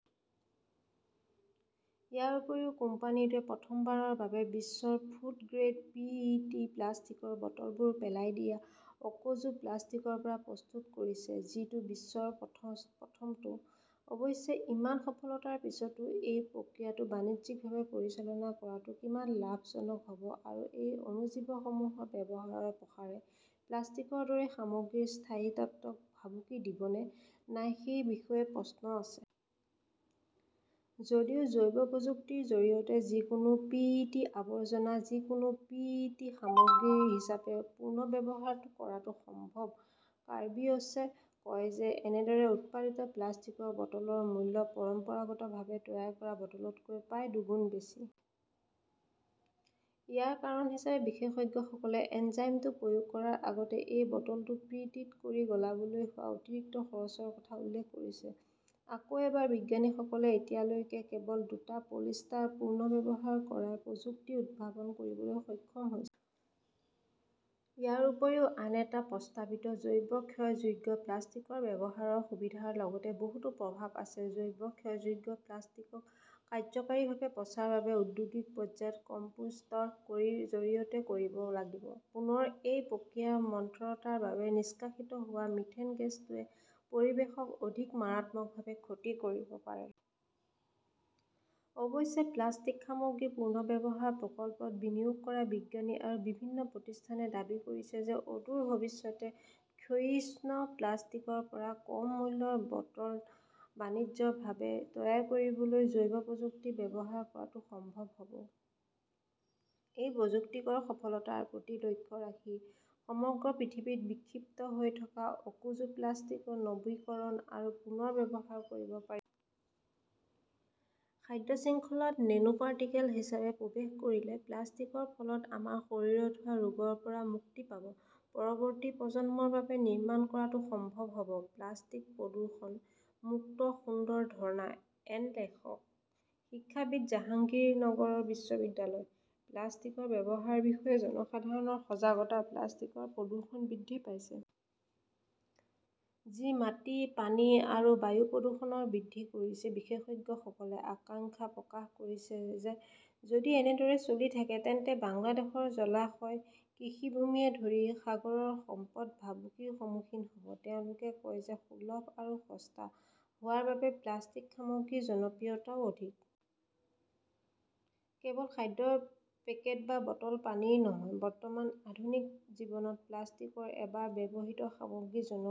ইয়াৰ উপৰিও কোম্পানীটোৱে প্ৰথমবাৰৰ বাবে বিশ্বৰ 'food grade "P. E. T. প্লাষ্টিকৰ বটলবোৰ পেলাই দিয়া অকেজো প্লাষ্টিকৰ পৰা প্ৰস্তুত কৰিছে, যিটো বিশ্বৰ প্ৰথমটো। অৱশ্যে, ইমান সফলতাৰ পিছতো, এই প্ৰক্ৰিয়াটো বাণিজ্যিকভাৱে পৰিচালনা কৰাটো কিমান লাভজনক হ "ব আৰু এই অণুজীৱসমূহৰ ব্যৱহাৰৰ প্ৰসাৰে প্লাষ্টিকৰ দৰে সামগ্ৰীৰ স্থায়িত্বক ভাবুকি দিব নে নাই সেই বিষয়ে প্ৰশ্ন আছে। যদিও জৈৱ প্ৰযুক্তিৰ জৰিয়তে যিকোনো পি. ই. টি. আৱৰ্জনা যিকোনো পি. ই. টি. সামগ্ৰী হিচাপে পুনৰ্ব্যৱহাৰ কৰাটো সম্ভৱ, কাৰ্বিয়ছে কয় যে এনেদৰে উৎপাদিত প্লাষ্টিকৰ বটলৰ মূল্য পৰম্পৰাগতভাৱে তৈয়াৰ কৰা বটলতকৈ প্ৰায় দুগুণ বেছি। ইয়াৰ কাৰণ হিচাপে বিশেষজ্ঞসকলে এনজাইমটো প্ৰয়োগ কৰাৰ আগতে এই বটলটো প্ৰি-ট্ৰিট কৰি গলাবলৈ হোৱা অতিৰিক্ত খৰচৰ কথা উল্লেখ কৰিছে। আকৌ এবাৰ বিজ্ঞানীসকলে এতিয়ালৈকে কেৱল দুটা পলিষ্টাৰ পুনৰ্ব্যৱহাৰ কৰাৰ প্ৰযুক্তি উদ্ভাৱন কৰিবলৈ সক্ষম হৈছে। ইয়াৰ উপৰিও আন এটা প্ৰস্তাৱিত জৈৱ-ক্ষয়যোগ্য প্লাষ্টিকৰ ব্যৱহাৰৰ সুবিধাৰ লগতে বহুতো প্ৰভাৱ আছে। জৈৱ-ক্ষয়যোগ্য প্লাষ্টিক কাৰ্যকৰীভাৱে পচাৰ বাবে ঔদ্যোগিক পৰ্যায়ত কম্পোষ্টৰ জৰিয়তে কৰিব লাগিব। পুনৰ এই প্ৰক্ৰিয়াৰ মন্থৰতাৰ বাবে নিষ্কাশিত হোৱা মিথেন গেছটোৱে পৰিৱেশক অধিক মাৰাত্মকভাৱে ক্ষতি কৰিব পাৰে। অৱশ্যে, প্লাষ্টিক সামগ্ৰী পুনৰ্ব্যৱহাৰ প্ৰকল্পত বিনিয়োগ কৰা বিজ্ঞানী আৰু বিভিন্ন প্ৰতিষ্ঠানে দাবী কৰিছে যে অদূৰ ভৱিষ্যতে ক্ষয়িষ্ণু প্লাষ্টিকৰ পৰা কম মূল্যৰ বটল বাণিজ্যিকভাৱে তৈয়াৰ কৰিবলৈ জৈৱ প্ৰযুক্তি ব্যৱহাৰ কৰাটো সম্ভৱ হ 'ব। এই প্ৰযুক্তিৰ সফলতাৰ প্ৰতি লক্ষ্য ৰাখি সমগ্ৰ পৃথিৱীত বিক্ষিপ্ত হৈ থকা অকেজো প্লাষ্টিকৰ নৱীকৰণ আৰু পুনৰ ব্যৱহাৰ কৰিব পাৰি। খাদ্য শৃংখলাত নেনোপাৰ্টিকেল হিচাপে প্ৰৱেশ কৰিলে প্লাষ্টিকৰ ফলত আমাৰ শৰীৰত হোৱা ৰোগৰ পৰা মুক্তি পাব। পৰৱৰ্তী প্ৰজন্মৰ বাবে নিৰ্মাণ কৰাটো সম্ভৱ হ "ব প্লাষ্টিক-প্ৰদূষণ-মুক্ত সুন্দৰ ধৰ্ণা। এন লেখকঃ শিক্ষাবিদ, জাহাংগীৰনগৰ বিশ্ববিদ্যালয়। প্লাষ্টিকৰ ব্যৱহাৰৰ বিষয়ে জনসাধাৰণৰ সজাগতা প্লাষ্টিকৰ প্ৰদূষণ বৃদ্ধি পাইছে। যি মাটি, পানী আৰু বায়ু প্ৰদূষণ বৃদ্ধি কৰিছে। বিশেষজ্ঞসকলে আশংকা প্ৰকাশ কৰিছে যে যদি এনেদৰে চলি থাকে তেন্তে বাংলাদেশৰ জলাশয়, কৃষিভূমিকে ধৰি সাগৰৰ সম্পদ ভাবুকিৰ সন্মুখীন হ 'ব। তেওঁলোকে কয় যে সুলভ আৰু সস্তা হোৱাৰ বাবে প্লাষ্টিক সামগ্ৰীৰ জনপ্ৰিয়তাও অধিক। কেৱল খাদ্যৰ পেকেট বা পানীৰ বটল নহয়, বৰ্তমান আধুনিক জীৱনত প্লাষ্টিকৰ এবাৰ ব্যৱহৃত সামগ্ৰী জনপ্ৰিয়